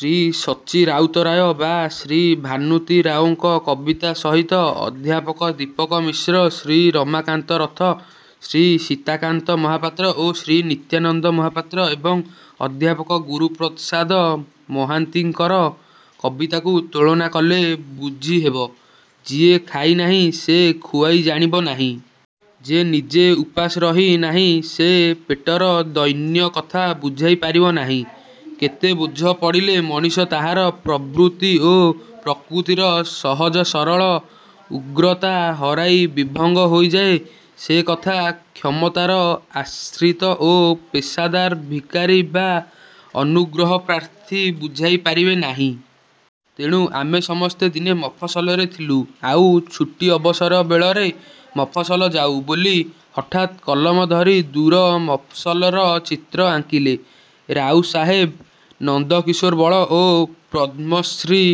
ଶ୍ରୀ ସଚ୍ଚି ରାଉତରାୟ ବା ଶ୍ରୀ ଭାନୁଜୀ ରାଓଙ୍କ କବିତା ସହିତ ଅଧ୍ୟାପକ ଦୀପକ ମିଶ୍ର, ଶ୍ରୀ ରମାକାନ୍ତ ରଥ, ଶ୍ରୀ ସୀତାକାନ୍ତ ମହାପାତ୍ର ଓ ଶ୍ରୀ ନିତ୍ୟାନନ୍ଦ ମହାପାତ୍ର ଏବଂ ଅଧ୍ୟାପକ ଗୁରୁପ୍ରସାଦ ମହାନ୍ତିଙ୍କର କବିତାକୁ ତୁଳନା କଲେ ବୁଝି ହେବ-। ଯିଏ ଖାଇ ନାହିଁ, ସେ ଖୁଆଇ ଜାଣିବ ନାହିଁ। ଯେ ନିଜେ ଉପାସ ରହି ନାହିଁ, ସେ ପେଟର ଦୈନ୍ୟ କଥା ବୁଝାଇ ପାରିବ ନାହିଁ। କେତେ ବୋଝ ପଡ଼ିଲେ ମଣିଷ ତାହାର ପ୍ରବୃତ୍ତି ଓ ପ୍ରକୃତିର ସହଜ ସରଳ ଉଗ୍ରତା ହରାଇ ବିଭଙ୍ଗ ହୋଇଯାଏ ସେ କଥା କ୍ଷମତାର ଆଶ୍ରିତ ଓ ପେଶାଦାର ଭିକାରୀ ବା ଅନୁଗ୍ରହପ୍ରାର୍ଥୀ ବୁଝାଇ ପାରିବେ ନାହିଁ। ତେଣୁ ଆମେ ସମସ୍ତେ ଦିନେ ମଫସଲରେ ଥିଲୁ ଆଉ ଛୁଟି ଅବସର ବେଳରେ ମଫସଲ ଯାଉ ବୋଲି ହଠାତ୍ କଲମ ଧରି ଦୂର ମଫସଲର ଚିତ୍ର ଆଙ୍କିଲେ ରାୟ ସାହେବ, ନନ୍ଦ କିଶୋର ବଳ, ଓ ପଦ୍ମଶ୍ରୀ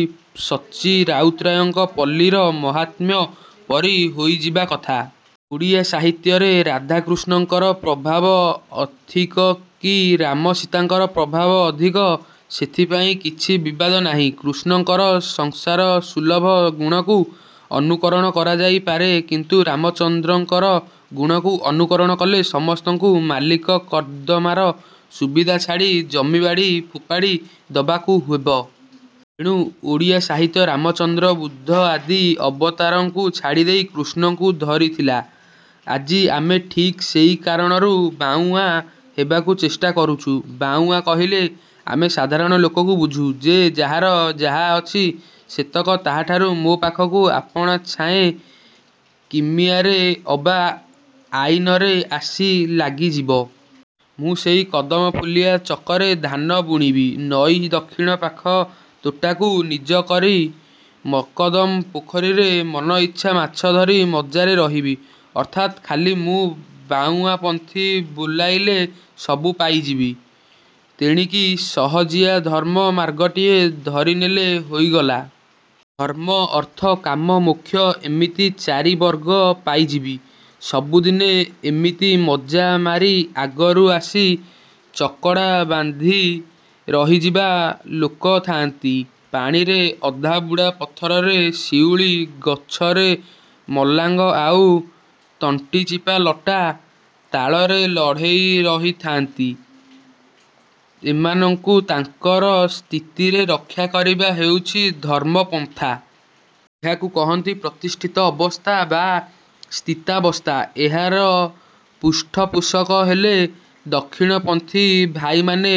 ସଚ୍ଚି ରାଉତରାୟଙ୍କ ପଲ୍ଲୀର ମାହାତ୍ମ୍ୟ ପରି ହୋଇଯିବା କଥା। ଓଡ଼ିଆ ସାହିତ୍ୟରେ ରାଧାକୃଷ୍ଣଙ୍କର ପ୍ରଭାବ ଅଧିକ କି ରାମ ସୀତାଙ୍କର ପ୍ରଭାବ ଅଧିକ ଏଥିପାଇଁ କିଛି ବିବାଦ ନାହିଁ। କୃଷ୍ଣଙ୍କର ସଂସାରସୁଲଭ ଗୁଣକୁ ଅନୁକରଣ କରାଯାଇ ପାରେ କିନ୍ତୁ ରାମଚନ୍ଦ୍ରଙ୍କର ଗୁଣକୁ ଅନୁକରଣ କଲେ ସମସ୍ତଙ୍କୁ ମାଲିମକଦ୍ଦମାର ସୁବିଧା ଛାଡ଼ି ଜମିବାଡ଼ି ଫୋପାଡ଼ି ଦବାକୁ ହେବ। ତେଣୁ ଓଡ଼ିଆ ସାହିତ୍ୟ ରାମଚନ୍ଦ୍ର ବୁଦ୍ଧ ଆଦି ଅବତାରଙ୍କୁ ଛାଡ଼ିଦେଇ କୃଷ୍ଣଙ୍କୁ ଧରିଥିଲା। ଆଜି ଆମେ ଠିକ୍ ସେଇ କାରଣରୁ ବାଉଁଆ ହେବାକୁ ଚେଷ୍ଟା କରୁଛୁ। ବାଉଁଆ କହିଲେ ଆମେ ସାଧାରଣ ଲୋକ ବୁଝୁ ଯେ ଯାହାର ଯାହା ଅଛି ସେତକ ତାହାଠାରୁ ମୋ'ପାଖକୁ ଆପଣା ଛାଏଁ କିମିଆରେ ଅବା ଆଇନରେ ଆସି ଲାଗିଯିବ। ମୁଁ ସେଇ କଦମ ଫୁଲିଆ ଚକରେ ଧାନ ବୁଣିବି, ନଈର ଦକ୍ଷିଣ ପାଖ ତୋଟାକୁ ନିଜର କରି ମକଦମ ପୋଖରୀରେ ମନଇଚ୍ଛା ମାଛ ଧରି ମଜ୍ଜାରେ ରହିବି। ଅର୍ଥାତ୍ ଖାଲି ମୁଁ ବାଉଁଆପନ୍ଥୀ ବୋଲାଇଲେ ସବୁ ପାଇଯିବି। ତେଣିକି ସହଜିଆ ଧର୍ମ ମାର୍ଗଟିଏ ଧରିନେଲେ ହୋଇଗଲା। ଧର୍ମ-ଅର୍ଥ-କାମ-ମୋକ୍ଷ ଏମିତି ଚାରିବର୍ଗ ପାଇଯିବି। ସବୁଦିନେ ଏମିତି ମଜ୍ଜା ମାରି ଆଗରୁ ଆସି ଚକଡ଼ା ବାନ୍ଧି ରହିଯିବା ଲୋକ ଥାନ୍ତି। ପାଣିରେ ଅଧାବୁଡ଼ା ପଥରରେ ଶିଉଳୀ, ଗଛରେ ମଲାଙ୍ଗ ଆଉ ତଣ୍ଟିଚିପା ଲଟା, ଡାଳରେ ଚଢ଼େଇ ରହିଥାନ୍ତି। ଏମାନଙ୍କୁ ତାଙ୍କର ସ୍ଥିତିରେ ରକ୍ଷା କରିବା ହେଉଛି-ଧର୍ମ ପନ୍ଥା। ଏହାକୁ କହନ୍ତି ପ୍ରତିଷ୍ଠିତ ଅବସ୍ଥା ବା ସ୍ଥିତାବସ୍ଥା। ଏହାର ପୃଷ୍ଠପୋଷକ ହେଲେ ଦକ୍ଷିଣପନ୍ଥୀ। ଭାଇମାନେ।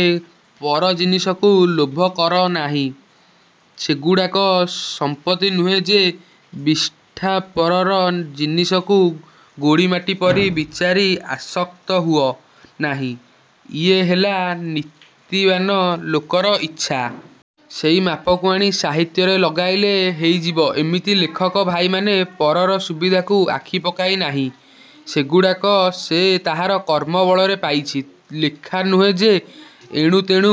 ପର ଜିନିସକୁ ଲୋଭ କର ନାହିଁ। ସେଗୁଡ଼ାକ ସଂପତ୍ତି ନୁହେଁ ଯେ ବିଷ୍ଠା-। ପରର ଜିନିସକୁ ଗୋଡ଼ିମାଟି ପରି ବିଚାରି ଆସକ୍ତ ହୁଅ ନାହିଁ-ଇଏ ହେଲା ନୀତିବାନ୍ ଲୋକର ଇଚ୍ଛା। ସେଇ ମାପକୁ ଆଣି ସାହିତ୍ୟରେ ଲଗାଇଲେ ହେଇଯିବ ଏମିତି। ଲେଖକ ଭାଇମାନେ। ପରର ସୁବିଧାକୁ ଆଖି ପକାଅ ନାହିଁ। ସେଗୁଡ଼ାକ ସେ ତାହାର କର୍ମ ବଳରେ ପାଇଛି। ଲେଖା ନୁହେଁ ଯେ ଏଣୁତେଣୁ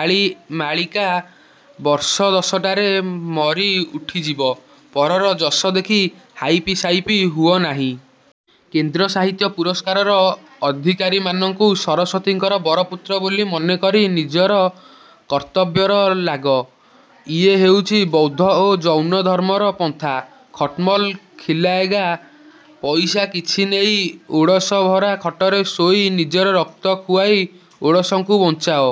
ଆଳି ମାଳିକା। ବର୍ଷ ଦଶଟାରେ ମରି ଉଡ଼ିଯିବ। ପରର ଯଶ ଦେଖି ହାଇପିସାଇପି ହୁଅ ନାହିଁ। କେନ୍ଦ୍ର ସାହିତ୍ୟ ପୁରସ୍କାରର ଅଧିକାରୀମାନଙ୍କୁ ସରସ୍ୱତୀଙ୍କର ବରପୁତ୍ର ବୋଲି ମନେ କରି ନିଜର କର୍ତ୍ତବ୍ୟରେ ଲାଗ। ଇଏ ହେଉଛି ବୌଦ୍ଧ ଓ ଜୈନ ଧର୍ମର ପନ୍ଥା-ଖଟମଲ୍ ଖିଲାଏଗା। ପଇସା କିଛି ନେଇ ଓଡ଼ଶ ଭରା ଖଟରେ ଶୋଇ ନିଜର ରକ୍ତ ଖୁଆଇ ଓଡ଼ଶଙ୍କୁ ବଞ୍ଚାଅ।